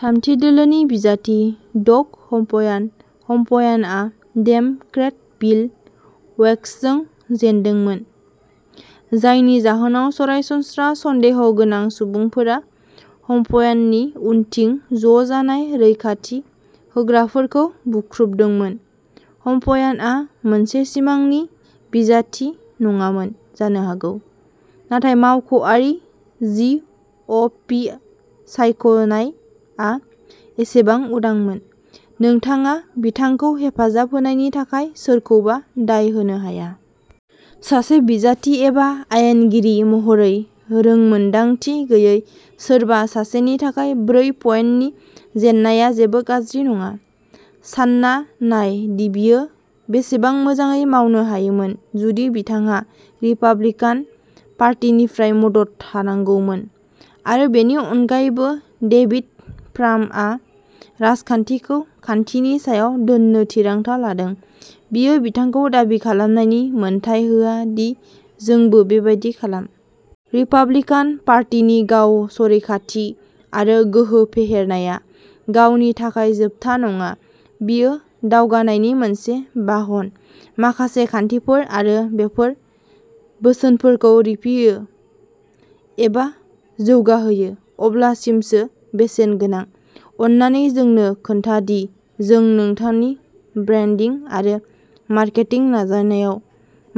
थामथि-दोलोनि बिजाथि Doug Hoffman. हफम्यानआ Democrat बिल अ'वेन्सजों जेनदोंमोन, जायनि जाहोनाव सरासनस्रा सन्देह'गोनां सुबुंफोरा हफम्याननि उनथिं ज'जानाय रैखाथि होग्राफोरखौ बुख्रुबदोंमोन। हफम्यानआ मोनसे सिमांनि बिजाथि नङामोन जानो हागौ, नाथाय मावख'आरि जि अ' फि सायख'नायआ बेसेबां उदांमोन, नोंथाङा बिथांखौ हेफाजाब होनायनि थाखाय सोरखौबा दाय होनो हाया। सासे बिजाथि एबा आयेनगिरि महरै रोंमोनदांथि गैयै सोरबा सासेनि थाखाय ब्रै-पइन्टनि जेननाया जेबो गाज्रि नङा। सानना नाय बियो बेसेबां मोजाङै मावनो हायोमोन जुदि बिथांहा रिपाब्लिकान पार्टीनिफ्राय मदद थानांगौमोन। आरो बेनि अनगायैबो, डेभिड फ्रामआ राजखान्थिखौ खान्थिनि सायाव दोन्नो थिरांथा लादों, बियो बिथांखौ दाबि खालामनायनि मोन्थाइ होआ दि जोंबो बेबादि खालाम। रिपाब्लिकान पार्टीनि गाव-संरैखाथि आरो गोहो फेहेरनाया गावनि थाखाय जोबथा नङा-बेयो दावगानायनि मोनसे बाहन। माखासे खान्थिफोर, आरो बेफोर बोसोनफोरखौ रिफियो एबा जौगाहोयो अब्लासिमसो बेसेन गोनां। अन्नानै जोंनो खोन्था दि जों नोंथांनि ब्रान्डिं आरो मार्केटिं नाजानायाव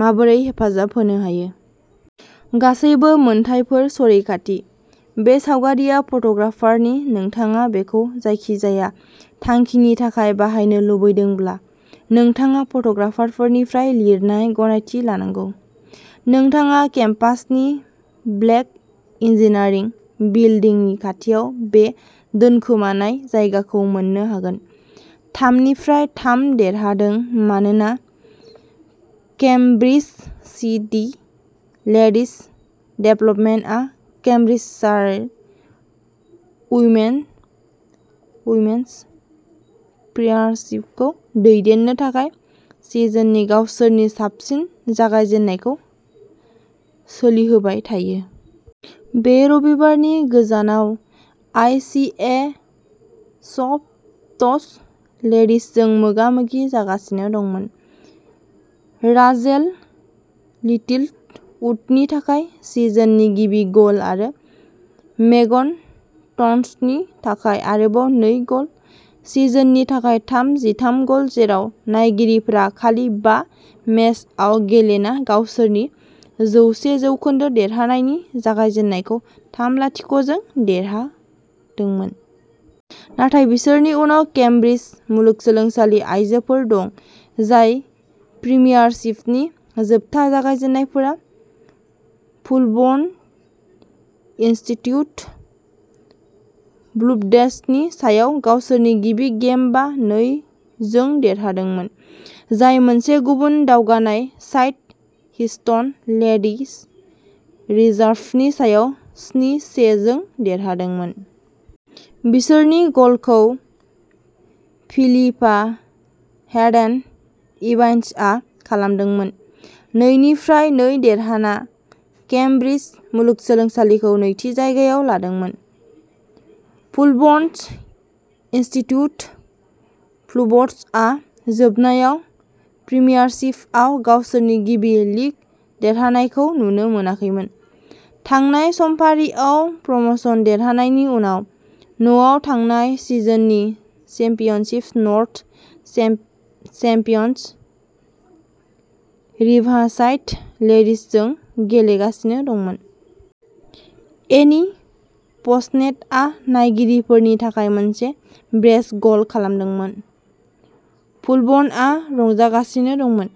माबोरै हेफाजाब होनो हायो। गासैबो मोनथायफोर संरैखाथि। बे सावगारिआ फट'ग्राफारनि। नोंथाङा बेखौ जायखिजाया थांखिनि थाखाय बाहायनो लुबैदोंब्ला, नोंथाङा फट'ग्राफारनिफ्राय लिरनाय गनायथि लानांगौ। नोंथाङा केम्पासनि ब्लेक इन्जिनियारिं बिल्दिंनि खाथियाव बे दोनखोमानाय जायगाखौ मोन्नो हागोन। थाम निफ्राय थाम देरहादों मानोना केम्ब्रिज सिटी लेडिज डेभलपमेन्टआ केम्ब्रिजशायर उइमेन'स प्रिमियारशिपखौ दैदेननो थाखाय सिजननि गावसोरनि साबसिन जागायजेन्नायखौ सोलिहोबाय थायो। बे रबिबारनि गोजानाव आइ सि ए स्प'र्टस लेडिजजों मोगा-मोगि जागासिनो दंमोन। राचेल लिटिलवुडनि थाखाय सिजननि गिबि गल आरो मेगन टन्कसनि थाखाय आरोबाव नै गल, सिजननि थाखाय दा जिथाम गल, जेराव नायगिरिफोरा खालि बा मेचआव गेलेना गावसोरनि जौसे जौखोन्दो देरहानायनि जागायजेन्नायखौ थाम-लाथिक' जों देरहादोंमोन। नाथाय बिसोरनि उनाव केमब्रिज मुलुगसोलोंसालि आयजोफोर दं, जाय प्रिमियारशिपनि जोबथा जागायजेन्नायफोरा फुलबर्न इनस्टिट्युट ब्लुबर्डसनि सायाव गावसोरनि गिबि गेम बा-नै जों देरहादोंमोन, जाय मोनसे गुबुन दावगानाय साइड, हिस्टन लेडिज रिजार्भनि सायाव स्नि-से जों देरहादोंमोन। बिसोरनि गलखौ फिलिपा हेडेन-इभान्सआ खालामदोंमोन। नै निफ्राय नै देरहाना केमब्रिज मुलुगसोलोंसालिखौ नैथि जायगायाव लांदोंमोन। फुलबर्न इनस्टिट्युट ब्लुबर्डसआ जोबनायाव प्रिमियारशिपआव गावसोरनि गिबि लीग देरहानायखौ नुनो मोनाखैमोन थांनाय समफारियाव प्रम'शन देरहानायनि उनाव। न'आव थांनाय सिजननि चेम्पियनशिप नर्थ चेम्पियन्स, रिभारसाइड लेडिजजों गेलेगासिनो दंमोन। एनि पसनेटआ नायगिरिफोरनि थाखाय मोनसे ब्रेस गल खालामदोंमोन, फुलबर्नआ रंजागासिनो दंमोन।